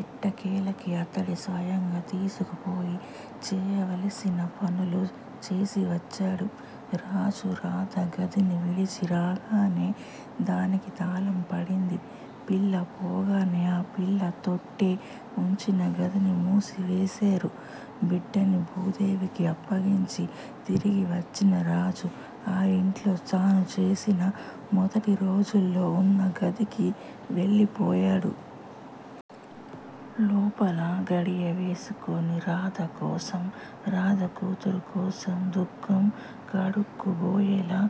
ఎట్టకేలకు అతడే స్వయంగా తీసుకుపోయి చేయవలసిన పనులు చేసివచ్చడు. రాజు రాధ గదిని విడిచి రాగానే దానికి తాళం పడింది. పిల్ల పోగానే ఆ పిల్ల తొట్టె ఉంచిన గదిని మూసివేసేరు. బిడ్డని భూదేవికి అప్పగించి తిరిగి వచ్చిన రాజు ఆ ఇంట్లో తాను చేసిన మొదటిరోజుల్లో ఉన్న గదిలోకి వెళ్ళిపోయేడు. లోపల గడియవేసుకొని రాధకోసం, రాధ కూతురు కోసం దుఃఖం కడుక్కుబోయేలా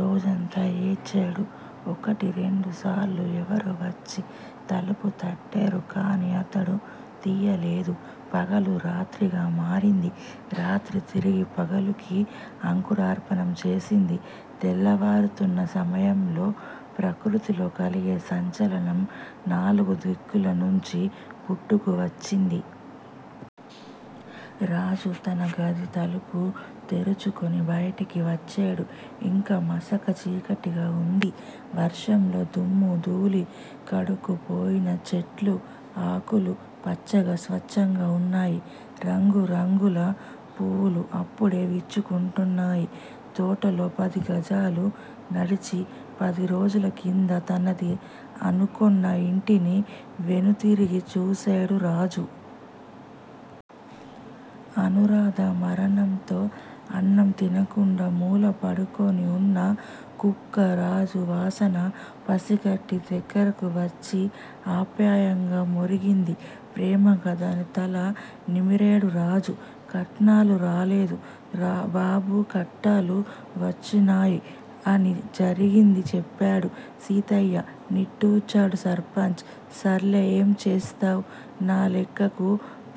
రోజంతా ఏడ్చేడు. ఒకటి రెండుసార్లు ఎవరో వచ్చి తలుపు తట్టేరుకాని అతడు తియ్యలేదు. పగలు రాత్రిగా మారింది. రాత్రి తిరిగి పగలుకి అంకురార్పణం చేసింది. తెల్లవారుతున్న సమయంలో ప్రకృతిలో కలిగే సంచలనం నాలుగు దిక్కులనుంచీ పుట్టుకు వచ్చింది. రాజు తన గది తలుపు తెరుచుకొని బయటికి వచ్చేడు. ఇంకా మసక చీకటిగా ఉంది. వర్షంలో దుమ్మూ, ధూళీ కడుక్కుపోయిన చెట్ల ఆకులు పచ్చగా, స్వచ్చంగా ఉన్నాయి. రంగు రంగుల పువ్వులు అప్పుడే విచ్చుకొంటున్నాయి. తోటలో పదిగజాలు నడిచి, పదిరోజుల కింద తనది అనుకొన్న ఇంటిని వెనుతిరిగి చూసేడు రాజు. అనూరాధ మరణంతో అన్నం తినకుండా మూల పడుకొనిఉన్న కుక్క రాజు వాసన పసికట్టి దగ్గరకు వచ్చి ఆప్యాయంగా మొరిగింది. ప్రేమగా దాని తల నిమిరేడు రాజు. 'కట్నాలు రాలేదు బాబూ కట్టాలు వోచ్చినాయ్' అని జరిగింది చెప్పాడు సీతయ్య. నిట్టూర్చాడు సర్పంచ్. 'సర్లే! ఏం చేస్తావ్, నా లెక్కకు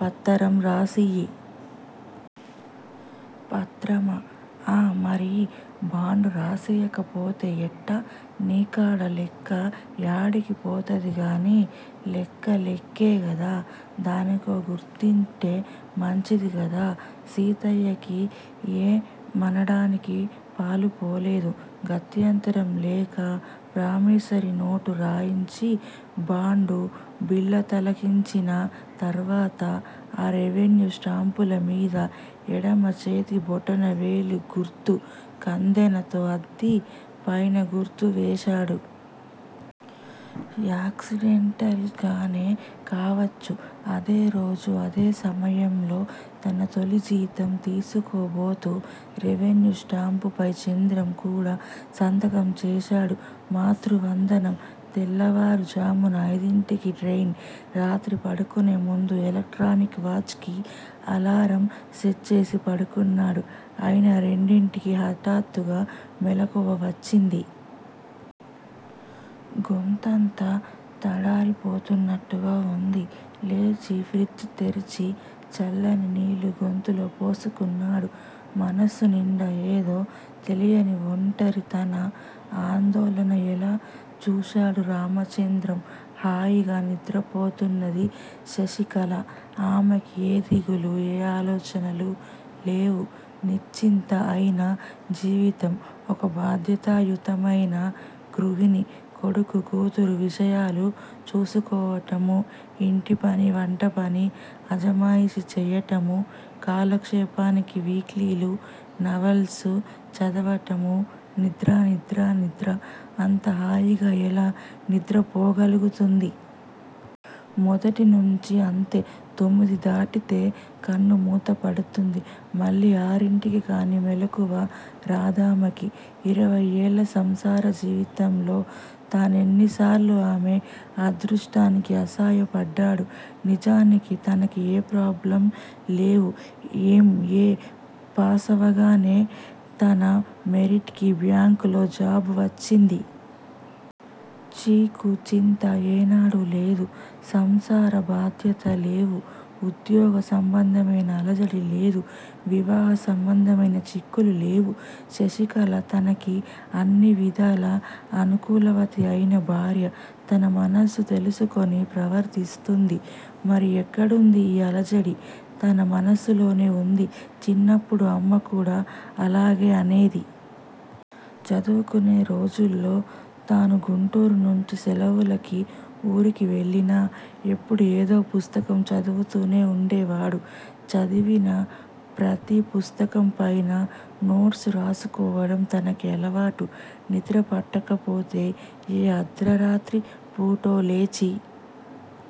పత్తరం రాసియ్యి. 'పత్రమా''ఆ మరి బాండు రాసియ్యకపొతే ఎట్టా? నీ కాడా లెక్క యాడికి పోతది గానీ! లెక్క లెక్కే గదా! దానికో గుర్తుంటే మంచిది గాదూ! సీతయ్యకి ఏ మనడానికి పాలుపోలేదు. గత్యంతరం లేక ప్రామిసరీ నోటు రాయించి బాండు బిళ్ళలతికించిన తర్వాత ఆ రెవిన్యూ స్టాంపుల మీద ఎడమ చేతి బొటన వేలు గుర్తు కందెనతో అద్ది పైన గుర్తు వేశాడు. యాక్సిడెంటల్ గానే కావచ్చు. అదేరోజు అదే సమయంలో తన తొలి జీతం తిసుకోబోతు రెవిన్యూ స్టాంపు పై చంద్రం కూడా సంతకం చేశాడు. మాతృవందనం. తెల్లవారు ఝామున అయిదింటికి ట్రెయిన్ రాత్రి పడుకునే ముందు ఎలక్ట్రానిక్ వాచ్ కి ఎలారం సెట్ చేసి పడుకున్నాడు. అయినా రెండింటికి హటాత్తుగా మెలకువ వచ్చింది. గొంతంతా తడారిపోతున్నట్టుగా వుంది. లేచి ఫ్రిజ్ తెర్చి చల్లని నీళ్ళు గొంతులో పోసుకున్నాడు. మనస్సు నిండా ఏదో తెలియని ఒంటరితన, ఆందోళన! ఏలా చూశాడు రామచంద్రం హాయిగా నిద్రపోతున్నది శశికళ. ఆమెకి ఏ దిగులు ఏ ఆలోచనలూ లేవు. నిశ్చింత అయిన జీవితం ఒక భాద్యతాయుతమైన గృహిణి, కొడుకు, కూతురు విషయాలు చూసుకోవటం ఇంటి పని వంటపని అజమాయిషీ చెయ్యటం కాలక్షేపానికి విక్లిలు నవల్సు చదవటం నిద్ర నిద్ర నిద్ర అంత హాయిగా ఎలా నిద్రపోగలుగుతుంది? మొదటి నుంచి అంతే! తొమ్మిది దాటితే కన్ను మూత పడుతుంది మళ్ళీ ఆరింటికి కానీ మెళుకువ రాదామెకి. ఇరవయ్యేళ్ళ సంసార జీవితంలో తానెన్ని సార్లు ఆమె అదృష్టానికి అసుయపడ్డాడు. నిజానికి తనకి ఏ ప్రాబ్లమ్ లేవు. ఎం ఏ పాసవగానే తన మెరిట్ కి బ్యాంక్ లో జాబ్ వచ్చింది. చీకు చింతా ఏనాడూ లేదు. సంసార బాధ్యత లేవు ఉద్యోగ సంబంధమైన అలజడి లేదు. వివాహ సంబంధమైన చిక్కులూ లేవు. శశికళ తనకి అన్నివిధాలా అనుకూలవతి అయిన భార్య. తన మనస్సు తెలుసుకుని ప్రవర్తిస్తుంది. మరి ఎక్కడుంది ఈ అలజడి? తన మనస్సులోనే వుంది చిన్నప్పుడు అమ్మ కూడా అలాగే అనేది. చదువుకునే రోజుల్లో తను గుంటూరు నుంచి సెలవులకి ఊరికి వెళ్ళినా ఎప్పుడూ ఏదో పుస్తకం చదువుతూనే వుండేవాడు. చదివిన ప్రతి పుస్తకం పైన నోట్స్ వ్రాసుకోవడం తనకి అలవాటు నిద్రపట్టకపోతే ఏ అర్ధరాత్రి పుటో లేచి